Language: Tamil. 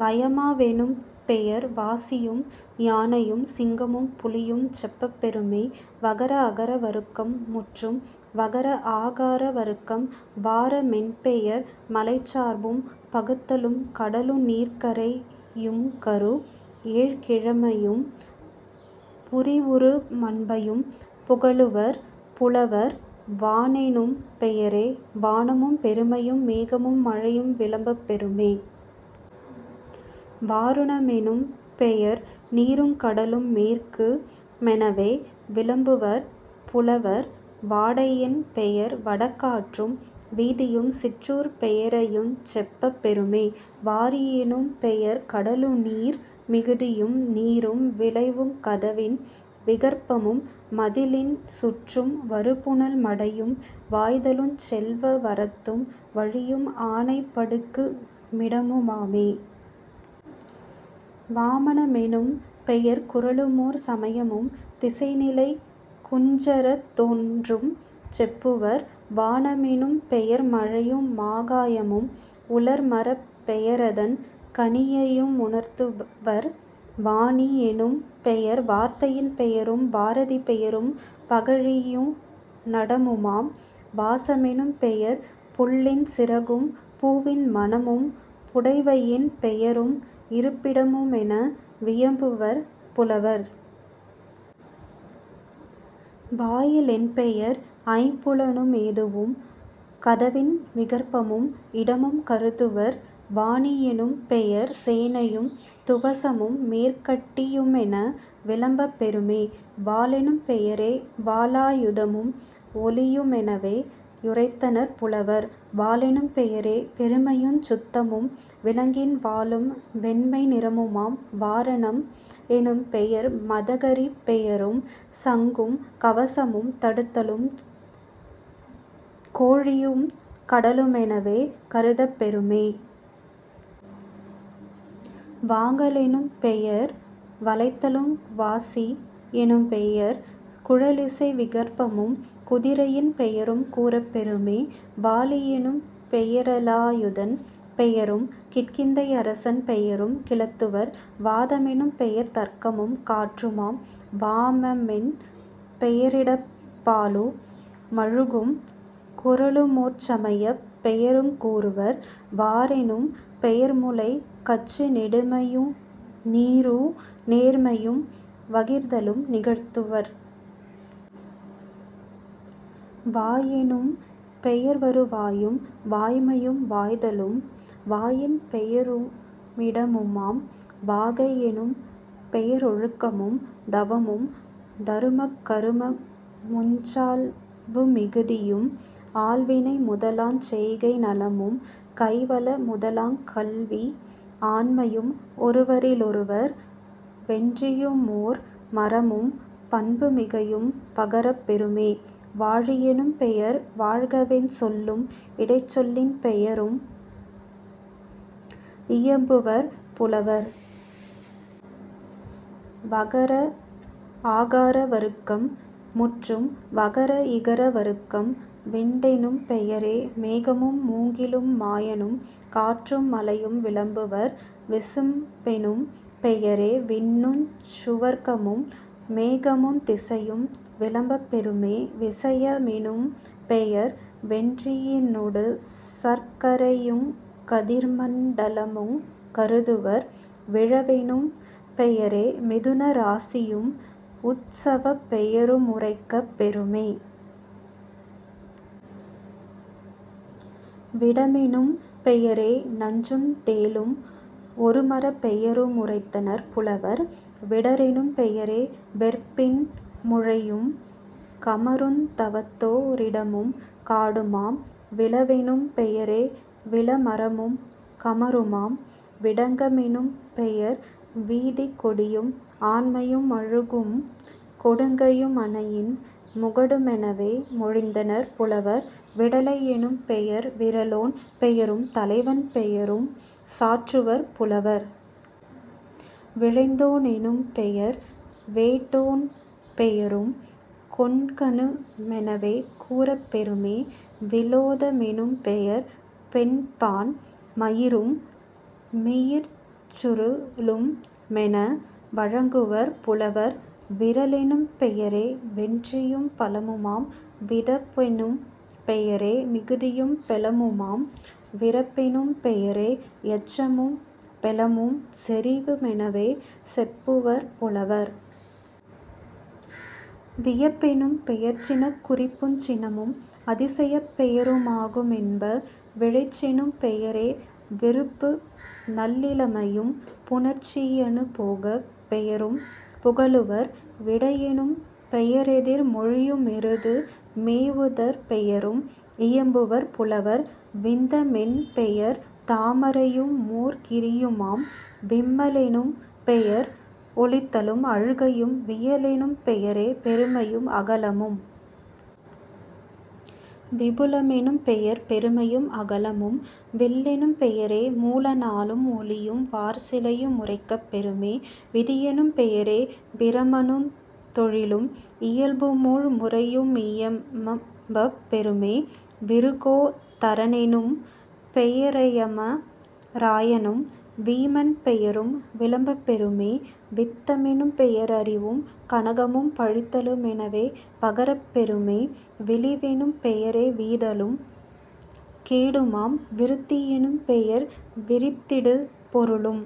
வயமா வெனும்பெயர் வாசியும் யானையும் சிங்கமும் புலியும் செப்பப் பெறுமே..... வகர அகர வருக்கம் முற்றும். வகர ஆகார வருக்கம் வார மென்பெயர் மலைச்சார்பும் பகுத்தலும் கடலு நீர்க்கரை யுங்கரு ஏழ்கிழமையும் புரிவுறு மன்பையும் புகலுவர் புலவர்..... வானெனும் பெயரே வானமும் பெருமையும் மேகமும் மழையும் விளம்பப் பெறுமே..... வாருண மெனும்பெயர் நீருங் கடலும் மேற்கு மெனவே விளம்புவர் புலவர்..... வாடை யென்பெயர் வடகாற்றும் வீதியும் சிற்றூர்ப் பெயரையுஞ் செப்பப் பெறுமே..... வாரி யெனும்பெயர் கடலு நீர் மிகுதியும் நீரும் விளைவுங் கதவின் விகற்பமும் மதிலின் சுற்றும் வருபுனல் மடையும் வாய்தலுஞ் செல்வ வரத்தும் வழியும் ஆனை படுக்கு மிடமு மாமே..... வாமன மெனும்பெயர் குறளுமோர் சமயமும் திசைநிலைக் குஞ்சரத் தொன்றும் செப்புவர்..... வான மெனும்பெயர் மழையு மாகாயமும் உலர்மரப் பெயரதன் கனியையு முணர்த்துவர்..... வாணி யெனும்பெயர் வார்த்தையின் பெயரும் பாரதி பெயரும் பகழியு நடமுமாம்..... வாச மெனும்பெயர் புள்ளின் சிறகும் பூவின் மணமும் புடைவையின் பெயரும் இருப்பிட முமென வியம்புவர் புலவர்..... வாயி லென்பெயர் ஐம்புலனு மேதுவும் கதவின் விகற்பமும் இடமும் கருதுவர்..... வானி யெனும்பெயர் சேனையும் துவசமும் மேற்கட்டி யுமென விளம்பப் பெறுமே..... வாளெனும் பெயரே வாளா யுதமும் ஒளியு மெனவே யுரைத்தனர் புலவர்..... வாலெனும் பெயரே பெருமையுஞ் சுத்தமும் விலங்கின் வாலும் வெண்மை நிறமுமாம்..... வாரணம் எனும்பெயர் மதகரிப் பெயரும் சங்கும் கவசமும் தடுத்தலும் கோழியும் கடலு மெனவே கருதப் பெறுமே..... வாங்கல் லெனும்பெயர் வளைத்தலுங் வாசி யெனும்பெயர் குழலிசை விகற்பமும் குதிரையின் பெயரும் கூறப் பெறுமே..... வாலி யெனும்பெய ரலாயுதன் பெயரும் கிட்கிந்தை யரசன் பெயரும் கிளத்துவர்..... வாத மெனும்பெயர் தர்க்கமும் காற்றுமாம்..... வாம மென்பெய ரிடப்பாலு மழகும் குறளு மோர்சமையப் பெயருங் கூறுவர்..... வாரெனும் பெயர்முலைக் கச்சு நெடுமையு நீரு நேர்மையும் வகிர்தலும் நிகழ்த்துவர்..... வாயெனும் பெயர்வரு வாயும் வாய்மையும் வாய்தலும் வாயின் பெயரு மிடமுமாம்..... வாகை யெனும்பெய ரொழுக்கமும் தவமும் தருமக் கருமமுஞ் சால்பு மிகுதியும் ஆள்வினை முதலாஞ் செய்கை நலமும் கைவல முதலாங் கல்வி ஆண்மையும் ஒருவரி லொருவர் வென்றியுமோர் மரமும் பண்பு மிகையும் பகரப் பெறுமே..... வாழி யெனும்பெயர் வாழ்கவென் சொல்லும் இடைச்சொலின் பெயரும் இயம்புவர் புலவர்..... வகர ஆகார வருக்கம் முற்றும். வகர இகர வருக்கம் விண்டெனும் பெயரே மேகமும் மூங்கிலும் மாயனும் காற்றும் மலையும் விளம்புவர்..... விசும்பெனும் பெயரே விண்ணுஞ் சுவர்க்கமும் மேகமுந் திசையும் விளம்பப் பெறுமே..... விசைய மெனும்பெயர் வென்றியி னொடுசர்க் கரையுங் கதிர்மண் டலமுங் கருதுவர்..... விழவெனும் பெயரே மிதுன ராசியும் உத்சவப் பெயரு முரைக்கப் பெறுமே..... விடமெனும் பெயரே நஞ்சுந் தேளும் ஒருமரப் பெயரு முரைத்தனர் புலவர்..... விடரெனும் பெயரே வெற்பின் முழையும் கமருந் தவத்தோ ரிடமும் காடுமாம்..... விளவெனும் பெயரே விளமரமும் கமருமாம்..... விடங்க மெனும்பெயர் வீதிக் கொடியும் ஆண்மையு மழகும் கொடுங்கையு மனையின் முகடு மெனவே மொழிந்தனர் புலவர்..... விடலை யெனும்பெயர் விறலோன் பெயரும் தலைவன் பெயரும் சாற்றுவர் புலவர்..... விழைந்தோ னெனும்பெயர் வேட்டோ ன் பெயரும் கொண்கனு மெனவே கூறப் பெறுமே..... விலோத மெனும்பெயர் பெண்பான் மயிரும் மியிர்ச்சுரு ளும்மென வழங்குவர் புலவர்..... விறலெனும் பெயரே வென்றியும் பலமுமாம்..... விதப்பெனும் பெயரே மிகுதியும் பெலமுமாம்..... விறப்பெனும் பெயரே யச்சமும் பெலமும் செறிவு மெனவே செப்புவர் புலவர்..... வியப்பெனும் பெயர்சினக் குறிப்புஞ் சினமும் அதிசயப் பெயரு மாகு மென்ப..... விழைச்செனும் பெயரே விருப்பு நல்லிளமையும் புணர்ச்சி யனுபோகப் பெயரும் புகலுவர்..... விடையெனும் பெயரெதிர் மொழியு மெருது மேவுதற் பெயரும் இயம்புவர் புலவர்..... விந்த மென்பெயர் தாமரையு மோர்கிரியுமாம்..... விம்ம லெனும்பெயர் ஒலித்தலும் அழுகையும்..... வியலெனும் பெயரே பெருமையும் அகலமும்..... விபுல மெனும்பெயர் பெருமையும் அகலமும்..... வில்லெனும் பெயரே மூல நாளும் ஒளியும் வார்சிலையு முரைக்கப் பெறுமே..... விதியெனும் பெயரே பிரமனுந் தொழிலும் இயல்புமூழ் முறையு மியம்பப் பெறுமே..... விருகோ தரனெனும் பெயர்யம ராயனும் வீமன் பெயரும் விளம்பப் பெறுமே..... வித்த மெனும்பெயர் அறிவும் கனகமும் பழித்தலு மெனவே பகரப் பெறுமே..... விளிவெனும் பெயரே வீதலும் கேடுமாம்..... விருத்தி யெனும்பெயர் விரித்திடு பொருளும்।